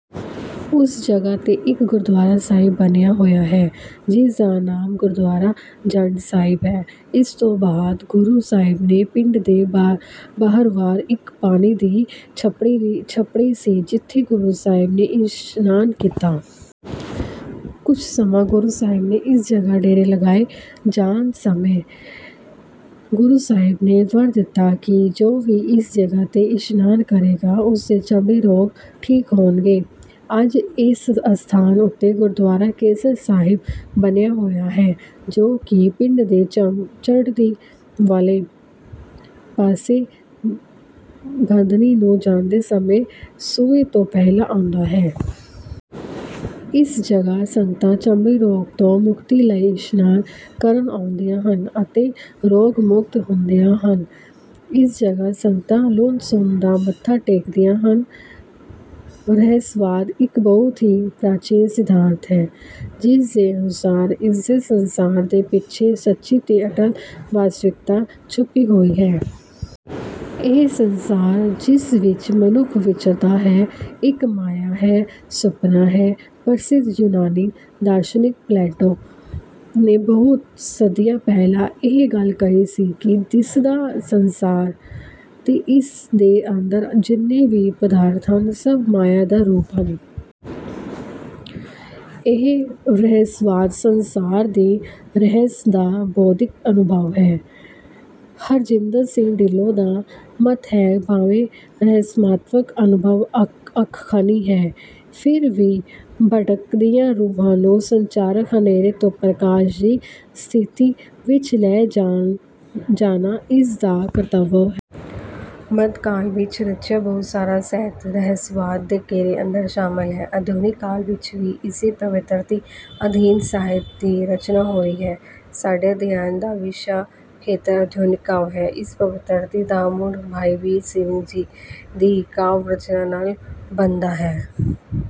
ਉਸ ਜਗ੍ਹਾ ਤੇ ਇੱਕ ਗੁਰਦੁਆਰਾ ਸਾਹਿਬ ਬਣਿਆ ਹੋਇਆ ਹੈ ਜਿਸ ਦਾ ਨਾਮ ਗੁਰਦੁਆਰਾ ਜੰਡ ਸਾਹਿਬ ਹੈ। ਇਸ ਤੋਂ ਬਾਅਦ ਗੁਰੂ ਸਾਹਿਬ ਨੇ ਪਿੰਡ ਦੇ ਬਾਹਰਵਾਰ ਇੱਕ ਪਾਣੀ ਦੀ ਛੱਪੜੀ ਵੀ ਛੱਪੜੀ ਸੀ ਜਿੱਥੇ ਗੁਰੂ ਸਾਹਿਬ ਨੇ ਇਸ਼ਨਾਨ ਕੀਤਾ। ਕੁਝ ਸਮਾਂ ਗੁਰੂ ਸਾਹਿਬ ਨੇ ਇਸ ਜਗ੍ਹਾ ਡੇਰੇ ਲਗਾਏ। ਜਾਣ ਸਮੇਂ ਗੁਰੂ ਸਾਹਿਬ ਨੇ ਵਰ ਦਿੱਤਾ ਕਿ ਜੋ ਵੀ ਇਸ ਜਗ੍ਹਾ ਤੇ ਇਸ਼ਨਾਨ ਕਰੇਗਾ ਉਸ ਦੇ ਚਮੜੀ ਰੋਗ ਠੀਕ ਹੋਣਗੇ। ਅੱਜ ਇਸ ਅਸਥਾਨ ਉੱਤੇ ਗੁਰਦੁਆਰਾ ਕੇਸਰ ਸਾਹਿਬ ਬਣਿਆ ਹੋਇਆ ਹੈ ਜੋ ਕਿ ਪਿੰਡ ਦੇ ਚੜ੍ਹਦੀ ਵਾਲੇ ਪਾਸੇ ਬੱਧਨੀ ਨੂੰ ਜਾਂਦੇ ਸਮੇਂ ਸੂਏ ਤੋਂ ਪਹਿਲਾਂ ਆਉਂਦਾ ਹੈ। ਇਸ ਜਗ੍ਹਾ ਸੰਗਤਾਂ ਚਮੜੀ ਰੋਗ ਤੋਂ ਮੁਕਤੀ ਲਈ ਇਸ਼ਨਾਨ ਕਰਨ ਆਉਂਦੀਆਂ ਹਨ ਅਤੇ ਰੋਗ ਮੁਕਤ ਹੁੰਦੀਆਂ ਹਨ। ਇਸ ਜਗ੍ਹਾ ਸੰਗਤਾਂ ਲੂਣ ਸੂਣ ਦਾ ਮੱਥਾ ਟੇਕਦੀਆਂ ਹਨ। ਰਹੱਸਵਾਦ ਇੱਕ ਬਹੁਤ ਹੀ ਪ੍ਰਾਚੀਨ ਸਿਧਾਂਤ ਹੈ ਜਿਸ ਦੇ ਅਨੁਸਾਰ ਦਿਸਦੇ ਸੰਸਾਰ ਦੇ ਪਿੱਛੇ ਸੱਚੀ ਤੇ ਅਟੱਲ ਵਾਸਤਵਿਕਤਾ ਛੁਪੀ ਹੋਈ ਹੈ। ਇਹ ਸੰਸਾਰ ਜਿਸ ਵਿੱਚ ਮਨੁੱਖ ਵਿਚਰਦਾ ਹੈ ਇੱਕ ਮਾਇਆ ਹੈ ਸੁਪਨਾ ਹੈ। ਪ੍ਰਸਿੱਧ ਯੂਨਾਨੀ ਦਾਰਸ਼ਨਿਕ ਪਲੈਟੋ ਨੇ ਬਹੁਤ ਸਦੀਆਂ ਪਹਿਲਾਂ ਇਹ ਗੱਲ ਕਹੀ ਸੀ ਕਿ ਦਿਸਦਾ ਸੰਸਾਰ ਤੇ ਇਸ ਦੇ ਅੰਦਰ ਜਿੰਨੇ ਵੀ ਪਦਾਰਥ ਹਨ ਸਭ ਮਾਇਆ ਦਾ ਰੂਪ ਹਨ। ਇਹ ਰਹੱਸਵਾਦ ਸੰਸਾਰ ਦੇ ਰਹੱਸ ਦਾ ਬੌਧਿਕ ਅਨੁਭਵ ਹੈ। ਹਰਜਿੰਦਰ ਸਿੰਘ ਢਿੱਲੋਂ ਦਾ ਮੱਤ ਹੈ ਭਾਵੇਂ ਰਹੱਸਾਤਮਕ ਅਨੁਭਵ ਅਕਖਨੀ ਹੈ ਫਿਰ ਵੀ ਭਟਕਦੀਆਂ ਰੂਹਾਂ ਨੂੰ ਸੰਸਾਰਕ ਹਨੇਰੇ ਤੋਂ ਪ੍ਰਕਾਸ਼ ਦੀ ਸੀਥੀ ਵਿੱਚ ਲੈ ਜਾਣਾ ਇਸ ਦਾ ਕਰਤਵ ਹੈ। ਮੱਧਕਾਲ ਵਿੱਚ ਰਚਿਆ ਬਹੁਤ ਸਾਰਾ ਸਾਹਿਤ ਰਹੱਸਵਾਦ ਦੇ ਘੇਰੇ ਅੰਦਰ ਸ਼ਾਮਲ ਹੈ। ਆਧੁਨਿਕ ਕਾਲ ਵਿੱਚ ਵੀ ਇਸੇ ਪ੍ਰਵਿਰਤੀ ਅਧੀਨ ਸਾਹਿਤ ਦੀ ਰਚਨਾ ਹੋਈ ਹੈ। ਸਾਡੇ ਅਧਿਐਨ ਦਾ ਵਿਸ਼ਾ ਖੇਤਰ ਆਧੁਨਿਕ ਕਾਵਿ ਹੈ। ਇਸ ਪ੍ਰਵਿਰਤੀ ਦਾ ਮੁੱਢ ਭਾਈ ਵੀਰ ਸਿੰਘ ਦੀ ਕਾਵਿ ਰਚਨਾ ਨਾਲ ਬੱਣਦਾ ਹੈ।